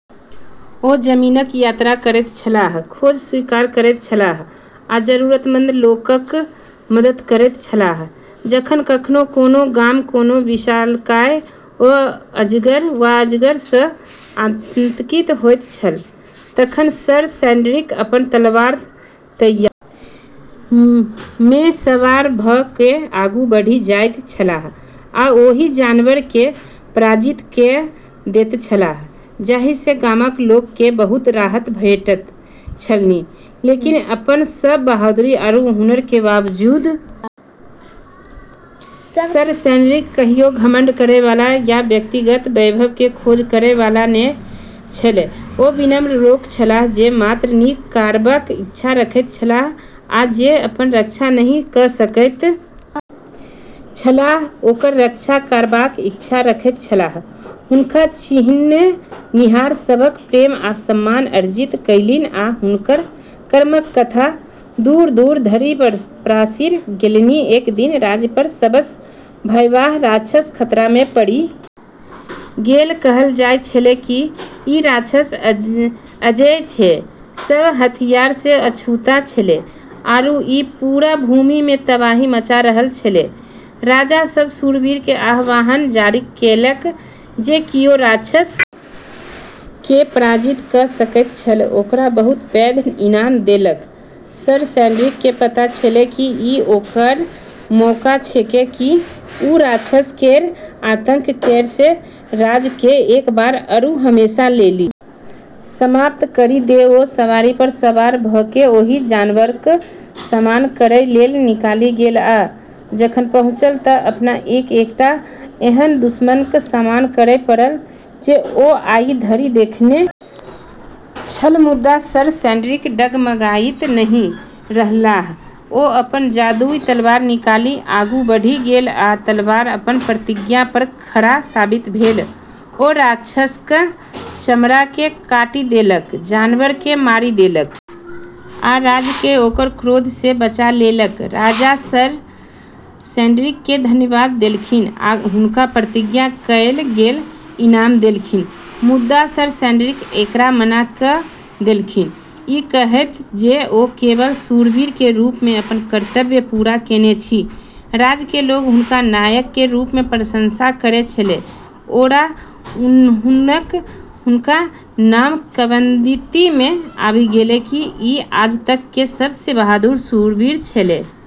ओ जमीनक यात्रा करैत छलाह, खोज स्वीकार करैत छलाह आ जरूरतमंद लोकक मदद करैत छलाह जखन कखनो कोनो गाम कोनो विशालकाय वा अजगर सँ आतंकित होइत छल तखन सर सेड्रिक अपन तलवार तैयार मे सवार भ क आगू बढ़ि जाइत छलाह आ ओहि जानवर केँ पराजित क दैत छलाह, जाहि सँ गामक लोक केँ बहुत राहत भेटैत छलनि, लेकिन अपनऽ सब बहादुरी आरू हुनर के बावजूद सर सेड्रिक कहियो घमंड करै वाला या व्यक्तिगत वैभव के खोज करै वाला नै छेलै ओ विनम्र लोक छलाह जे मात्र नीक करबाक इच्छा रखैत छलाह आ जे अपन रक्षा नहि क सकैत छलाह ओकर रक्षा करबाक इच्छा रखैत छलाह, हुनका चिन्हनिहार सभक प्रेम आ सम्मान अर्जित कयलनि आ हुनकर कर्मक कथा दूर-दूर धरि पसरि गेलनि, एक दिन राज्य पर सबसँ भयावह राक्षस खतरा मे पड़ि गेल, कहलऽ जाय छेलै कि ई राक्षस अजेय छै, सब हथियार से अछूता छेलै आरू ई पूरा भूमि मे तबाही मचा रहलऽ छेलै, राजा सब शूरवीर के आह्वान जारी केलक जे कियो राक्षस के पराजित क सकैत छल ओकरा बहुत पैघ इनाम देलक, सर सेड्रिक के पता छेलै कि ई ओकरऽ मौका छेकै कि उ राक्षस केरऽ आतंक केरऽ राज के एक बार आरू हमेशा लेली समाप्त करी दै ओ सवारी पर सवार भ क ओहि जानवरक सामना करय लेल निकलि गेल आ जखन पहुँचल त अपना केँ एकटा एहन दुश्मनक सामना करय पड़ल जे ओ आइ धरि देखने छल मुदा सर सेड्रिक डगमगाइत नहि रहलाह ओ अपन जादुई तलवार निकालि आगू बढ़ि गेल आ तलवार अपन प्रतिज्ञा पर खरा साबित भेल ओ राक्षसक चमड़ा केँ काटि देलक, जानवर केँ मारि देलक आ राज्य केँ ओकर क्रोध सँ बचा लेलक, राजा सर सेड्रिक के धन्यवाद देलखिन आ हुनका प्रतिज्ञा कयल गेल इनाम देलखिन मुदा सर सेड्रिक एकरा मना क देलखिन, ई कहैत जे ओ केवल शूरवीर के रूप में अपन कर्तव्य पूरा केने छी राज्य के लोग हुनका नायक के रूप में प्रशंसा करै छेलै आरो हुनकऽ नाम किंवदंती में आबी गेलै कि ई आज तक के सबसें बहादुर शूरवीर छेलै।